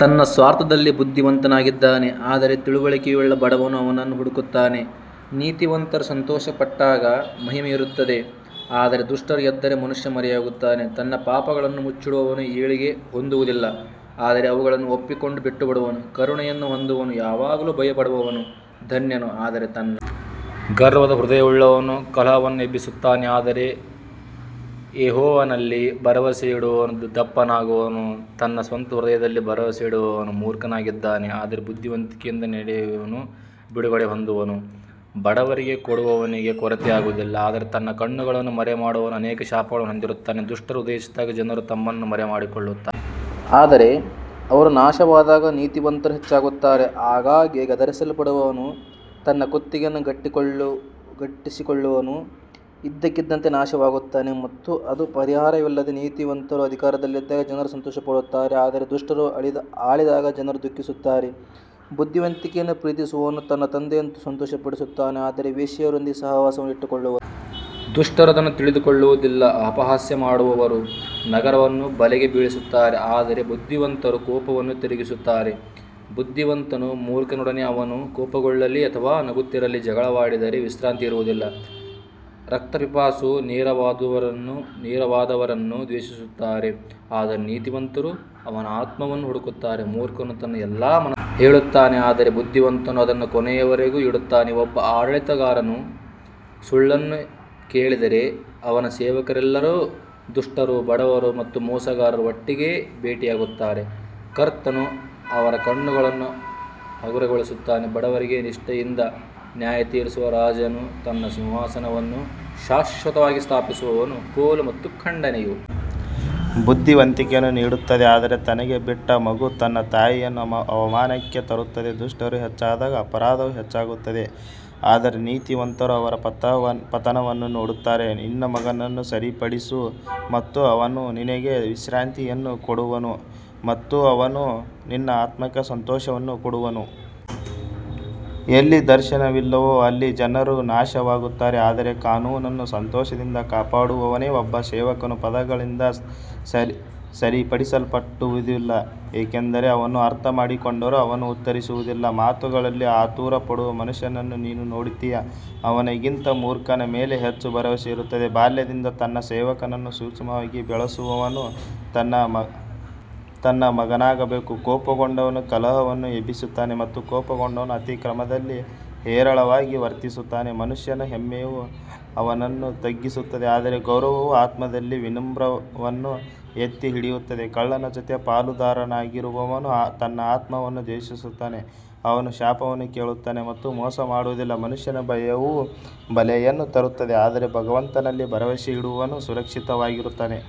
ತನ್ನ ಸ್ವಾರ್ಥದಲ್ಲಿ ಬುದ್ಧಿವಂತನಾಗಿದ್ದಾನೆ ಆದರೆ ತಿಳುವಳಿಕೆಯುಳ್ಳ ಬಡವನು ಅವನನ್ನು ಹುಡುಕುತ್ತಾನೆ ನೀತಿವಂತರು ಸಂತೋಷಪಟ್ಟಾಗ ಮಹಿಮೆ ಇರುತ್ತದೆ ಆದರೆ ದುಷ್ಟರು ಎದ್ದರೆ ಮನುಷ್ಯ ಮರೆಯಾಗುತ್ತಾನೆ ತನ್ನ ಪಾಪಗಳನ್ನು ಮುಚ್ಚಿಡುವವನು ಏಳಿಗೆ ಹೊಂದುವುದಿಲ್ಲ ಆದರೆ ಅವುಗಳನ್ನು ಒಪ್ಪಿಕೊಂಡು ಬಿಟ್ಟುಬಿಡುವವನು ಕರುಣೆಯನ್ನು ಹೊಂದುವನು ಯಾವಾಗಲೂ ಭಯಪಡುವವನು ಧನ್ಯನು ಆದರೆ ತನ್ನ ಗರ್ವದ ಹೃದಯವುಳ್ಳವನು ಕಲಹವನ್ನು ಎಬ್ಬಿಸುತ್ತಾನೆ ಆದರೆ ಯೆಹೋವನಲ್ಲಿ ಭರವಸೆಯಿಡುವವನು ದಪ್ಪನಾಗುವನು ತನ್ನ ಸ್ವಂತ ಹೃದಯದಲ್ಲಿ ಭರವಸೆಯಿಡುವವನು ಮೂರ್ಖನಾಗಿದ್ದಾನೆ ಆದರೆ ಬುದ್ಧಿವಂತಿಕೆಯಿಂದ ನಡೆಯುವವನು ಬಿಡುಗಡೆ ಹೊಂದುವನು ಬಡವರಿಗೆ ಕೊಡುವವನಿಗೆ ಕೊರತೆಯಾಗುವುದಿಲ್ಲ ಆದರೆ ತನ್ನ ಕಣ್ಣುಗಳನ್ನು ಮರೆಮಾಡುವವನು ಅನೇಕ ಶಾಪಗಳನ್ನು ಹೊಂದಿರುತ್ತಾನೆ ದುಷ್ಟರು ಉದಯಿಸಿದಾಗ ಜನರು ತಮ್ಮನ್ನು ಮರೆಮಾಡಿಕೊಳ್ಳುತ್ತಾರೆ ಆದರೆ ಅವರು ನಾಶವಾದಾಗ ನೀತಿವಂತರು ಹೆಚ್ಚಾಗುತ್ತಾರೆ ಆಗಾಗ್ಗೆ ಗದರಿಸಲ್ಪಡುವವನು ತನ್ನ ಕುತ್ತಿಗೆಯನ್ನು ಗಟ್ಟಿಗೊಳಿಸಿಕೊಳ್ಳುವವನು ಇದ್ದಕ್ಕಿದ್ದಂತೆ ನಾಶವಾಗುತ್ತಾನೆ ಮತ್ತು ಅದು ಪರಿಹಾರವಿಲ್ಲದೆ ನೀತಿವಂತರು ಅಧಿಕಾರದಲ್ಲಿದ್ದಾಗ ಜನರು ಸಂತೋಷಪಡುತ್ತಾರೆ ಆದರೆ ದುಷ್ಟರು ಆಳಿದಾಗ ಜನರು ದುಃಖಿಸುತ್ತಾರೆ ಬುದ್ಧಿವಂತಿಕೆಯನ್ನು ಪ್ರೀತಿಸುವವನು ತನ್ನ ತಂದೆಯನ್ನು ಸಂತೋಷಪಡಿಸುತ್ತಾನೆ ಆದರೆ ವೇಶ್ಯೆಯರೊಂದಿಗೆ ಸಹವಾಸವನ್ನು ಇಟ್ಟುಕೊಳ್ಳುವವನು ದುಷ್ಟರು ಅದನ್ನು ತಿಳಿದುಕೊಳ್ಳುವುದಿಲ್ಲ ಅಪಹಾಸ್ಯ ಮಾಡುವವರು ನಗರವನ್ನು ಬಲೆಗೆ ಬೀಳಿಸುತ್ತಾರೆ ಆದರೆ ಬುದ್ಧಿವಂತರು ಕೋಪವನ್ನು ತಿರುಗಿಸುತ್ತಾರೆ ಬುದ್ದಿವಂತನು ಮೂರ್ಖನೊಡನೆ ಅವನು ಕೋಪಗೊಳ್ಳಲಿ ಅಥವಾ ನಗುತ್ತಿರಲಿ ಜಗಳವಾಡಿದರೆ ವಿಶ್ರಾಂತಿ ಇರುವುದಿಲ್ಲ ರಕ್ತಪಿಪಾಸು ನೇರವಾದವರನ್ನು ದ್ವೇಷಿಸುತ್ತಾರೆ ಆದರೆ ನೀತಿವಂತರು ಅವನ ಆತ್ಮವನ್ನು ಹುಡುಕುತ್ತಾರೆ ಮೂರ್ಖನು ತನ್ನ ಎಲ್ಲಾ ಮನಸ್ಸನ್ನು ಹೇಳುತ್ತಾನೆ ಆದರೆ ಬುದ್ಧಿವಂತನು ಅದನ್ನು ಕೊನೆಯವರೆಗೂ ಇಡುತ್ತಾನೆ ಒಬ್ಬ ಆಡಳಿತಗಾರನು ಸುಳ್ಳನ್ನು ಕೇಳಿದರೆ ಅವನ ಸೇವಕರೆಲ್ಲರೂ ದುಷ್ಟರು ಬಡವರು ಮತ್ತು ಮೋಸಗಾರರು ಒಟ್ಟಿಗೆ ಭೇಟಿಯಾಗುತ್ತಾರೆ, ಕರ್ತನು ಅವರ ಕಣ್ಣುಗಳನ್ನು ಹಗುರಗೊಳಿಸುತ್ತಾನೆ ಬಡವರಿಗೆ ನಿಷ್ಠೆಯಿಂದ ನ್ಯಾಯತೀರಿಸುವ ರಾಜನು ತನ್ನ ಸಿಂಹಾಸನವನ್ನು ಶಾಶ್ವತವಾಗಿ ಸ್ಥಾಪಿಸುವನು ಕೋಲು ಮತ್ತು ಖಂಡನೆಯು ಬುದ್ಧಿವಂತಿಕೆಯನ್ನು ನೀಡುತ್ತದೆ ಆದರೆ ತನಗೆ ಬಿಟ್ಟ ಮಗು ತನ್ನ ತಾಯಿಯನ್ನು ಅವಮಾನಕ್ಕೆ ತರುತ್ತದೆ ದುಷ್ಟರು ಹೆಚ್ಚಾದಾಗ ಅಪರಾಧವು ಹೆಚ್ಚಾಗುತ್ತದೆ ಆದರೆ ನೀತಿವಂತರು ಅವರ ಪತನವನ್ನು ನೋಡುತ್ತಾರೆ ನಿನ್ನ ಮಗನನ್ನು ಸರಿಪಡಿಸು ಮತ್ತು ಅವನು ನಿನಗೆ ವಿಶ್ರಾಂತಿಯನ್ನು ಕೊಡುವನು ಮತ್ತು ಅವನು ನಿನ್ನ ಆತ್ಮಕ್ಕೆ ಸಂತೋಷವನ್ನು ಕೊಡುವನು ಎಲ್ಲಿ ದರ್ಶನವಿಲ್ಲವೋ ಅಲ್ಲಿ ಜನರು ನಾಶವಾಗುತ್ತಾರೆ ಆದರೆ ಕಾನೂನನ್ನು ಸಂತೋಷದಿಂದ ಕಾಪಾಡುವವನೇ ಒಬ್ಬ ಸೇವಕನು ಪದಗಳಿಂದ ಸರಿಪಡಿಸಲ್ಪಡುವುದಿಲ್ಲ ಏಕೆಂದರೆ ಅವನು ಅರ್ಥಮಾಡಿಕೊಂಡರೂ ಅವನು ಉತ್ತರಿಸುವುದಿಲ್ಲ ಮಾತುಗಳಲ್ಲಿ ಆತುರಪಡುವ ಮನುಷ್ಯನನ್ನು ನೀನು ನೋಡುತ್ತೀಯಾ, ಅವನಿಗಿಂತ ಮೂರ್ಖನ ಮೇಲೆ ಹೆಚ್ಚು ಭರವಸೆ ಇರುತ್ತದೆ ಬಾಲ್ಯದಿಂದ ತನ್ನ ಸೇವಕನನ್ನು ಸೂಕ್ಷ್ಮವಾಗಿ ಬೆಳೆಸುವವನು ತನ್ನ ಮಗನಾಗಬೇಕು ಕೋಪಗೊಂಡವನು ಕಲಹವನ್ನು ಎಬ್ಬಿಸುತ್ತಾನೆ ಮತ್ತು ಕೋಪಗೊಂಡವನು ಅತಿಕ್ರಮದಲ್ಲಿ ಹೇರಳವಾಗಿ ವರ್ತಿಸುತ್ತಾನೆ ಮನುಷ್ಯನ ಹೆಮ್ಮೆಯು ಅವನನ್ನು ತಗ್ಗಿಸುತ್ತದೆ ಆದರೆ ಗೌರವವು ಆತ್ಮದಲ್ಲಿ ವಿನಮ್ರರನ್ನು ಎತ್ತಿಹಿಡಿಯುತ್ತದೆ ಕಳ್ಳನ ಜೊತೆ ಪಾಲುದಾರನಾಗಿರುವವನು ತನ್ನ ಆತ್ಮವನ್ನು ದ್ವೇಷಿಸುತ್ತಾನೆ, ಅವನು ಶಾಪವನ್ನು ಕೇಳುತ್ತಾನೆ ಮತ್ತು ಮೋಸ ಮಾಡುವುದಿಲ್ಲ ಮನುಷ್ಯನ ಭಯವು ಬಲೆಯನ್ನು ತರುತ್ತದೆ ಆದರೆ ಭಗವಂತನಲ್ಲಿ ಭರವಸೆಯಿಡುವವನು ಸುರಕ್ಷಿತವಾಗಿರುತ್ತಾನೆ.